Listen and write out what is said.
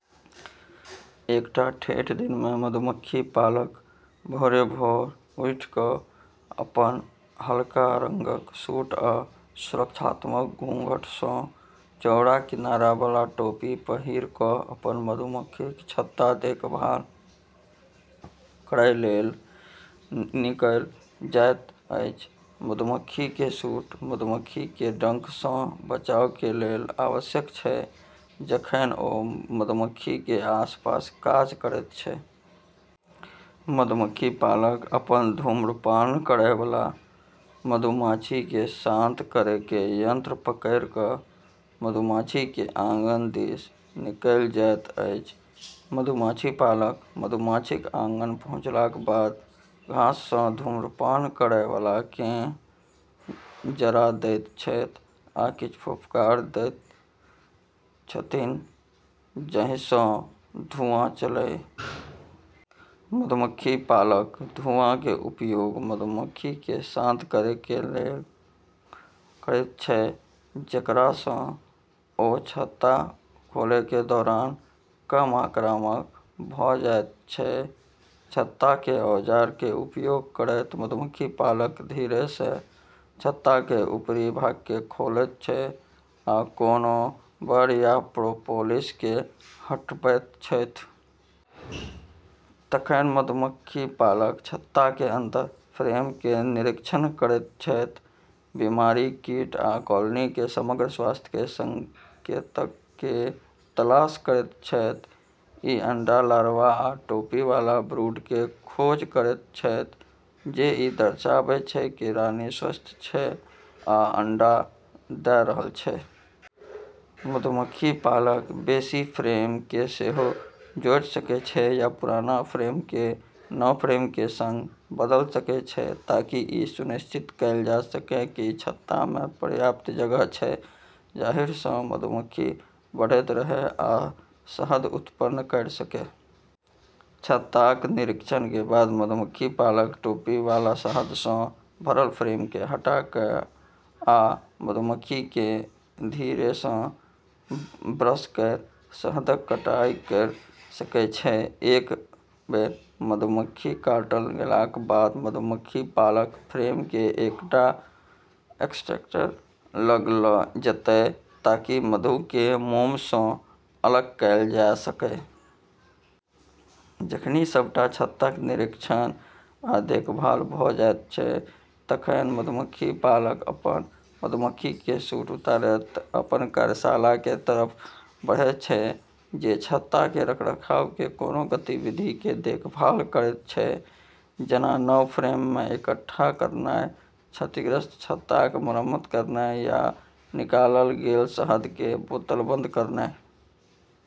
एकटा ठेठ दिनमे मधुमक्खी पालक भोरे-भोर उठि क' अपन हल्का रंगक सूट आ सुरक्षात्मक घूंघटसँ चौड़ा किनाराबला टोपी पहिरि क' अपन मधुमक्खीक छत्ताक देखभाल करय लेल निकलि जाइत अछि। मधुमक्खीके सूट मधुमक्खीके डंकसँ बचावके लेल आवश्यक छै, जखनि ओ मधुमक्खीके आसपास काज करैत छै। मधुमक्खी पालक अपन धूम्रपान करयवला, मधुमाछीके शांत करैके यंत्र पकड़ि क' मधुमाछीके आँगन दिस निकलि जाइत अछि। मधुमाछी पालक मधुमाछीक आँगन पहुँचलाक बाद घाससँ धूम्रपान करयवलाकेँ जरा दैत छथि, आ किछ फुफकार दैत छथिन जाहिसँ धुँआ चलय। मधुमक्खी पालक धुआँके उपयोग मधुमक्खीके शांत करैके लेल करैत छै, जेकरासँ ओ छत्ता खोलैके दौरान कम आक्रामक भ' जाइत छै। छत्ताके औजारके उपयोग करैत मधुमक्खी पालक धीरेसँ छत्ताके ऊपरी भागके खोलैत छै आ कोनो बर्र या प्रोपोलिसके हटबैत छथि । तखन मधुमक्खी पालक छत्ताके अंदर फ्रेमके निरीक्षण करैत छथि, बीमारी, कीट, आ कॉलोनीके समग्र स्वास्थ्यके संकेतकके तलाश करैत छथि । ई अंडा, लार्वा, आ टोपी वाला ब्रूडके खोज करैत छथि, जे ई दर्शाबै छै कि रानी स्वस्थ छै आ अंडा द' रहल छै। मधुमक्खी पालक बेशी फ्रेमके सेहो जोड़ि सकै छै या पुरान फ्रेमके नव फ्रेमके सङ्ग बदल सकै छै, ताकि ई सुनिश्चित कैल जा सकै कि छत्तामे पर्याप्त जगह छै जाहिसँ मधुमक्खी बढ़ैत रहै आ शहद उत्पन्न करि सकै। छत्ताक निरीक्षणके बाद मधुमक्खी पालक टोपी वाला शहदसँ भरल फ्रेमके हटा क', आ मधुमक्खीके धीरेसँ ब्रश करि शहदक कटाइ करि सकै छै। एक बेर मधु काटल गेलाक बाद मधुमक्खी पालक फ्रेमके एकटा एक्सट्रैक्टर लग ल' जेतय ताकि मधुके मोमसँ अलग कैल जा सकय। जखनि सबटा छत्ताक निरीक्षण आ देखभाल भ' जाइत छै, तखनि मधुमक्खी पालक अपन मधुमक्खीके सूट उतारैत अपन कार्यशालाके तरफ बढ़ैत छै, जे छत्ताके रखरखावके कोनो गतिविधिके देखभाल करैत छै जेना नव फ्रेममे इकट्ठा करनाइ, क्षतिग्रस्त छत्ताक मरम्मत करनाइ, या निकालल गेल शहदके बोतलबंद करनाइ।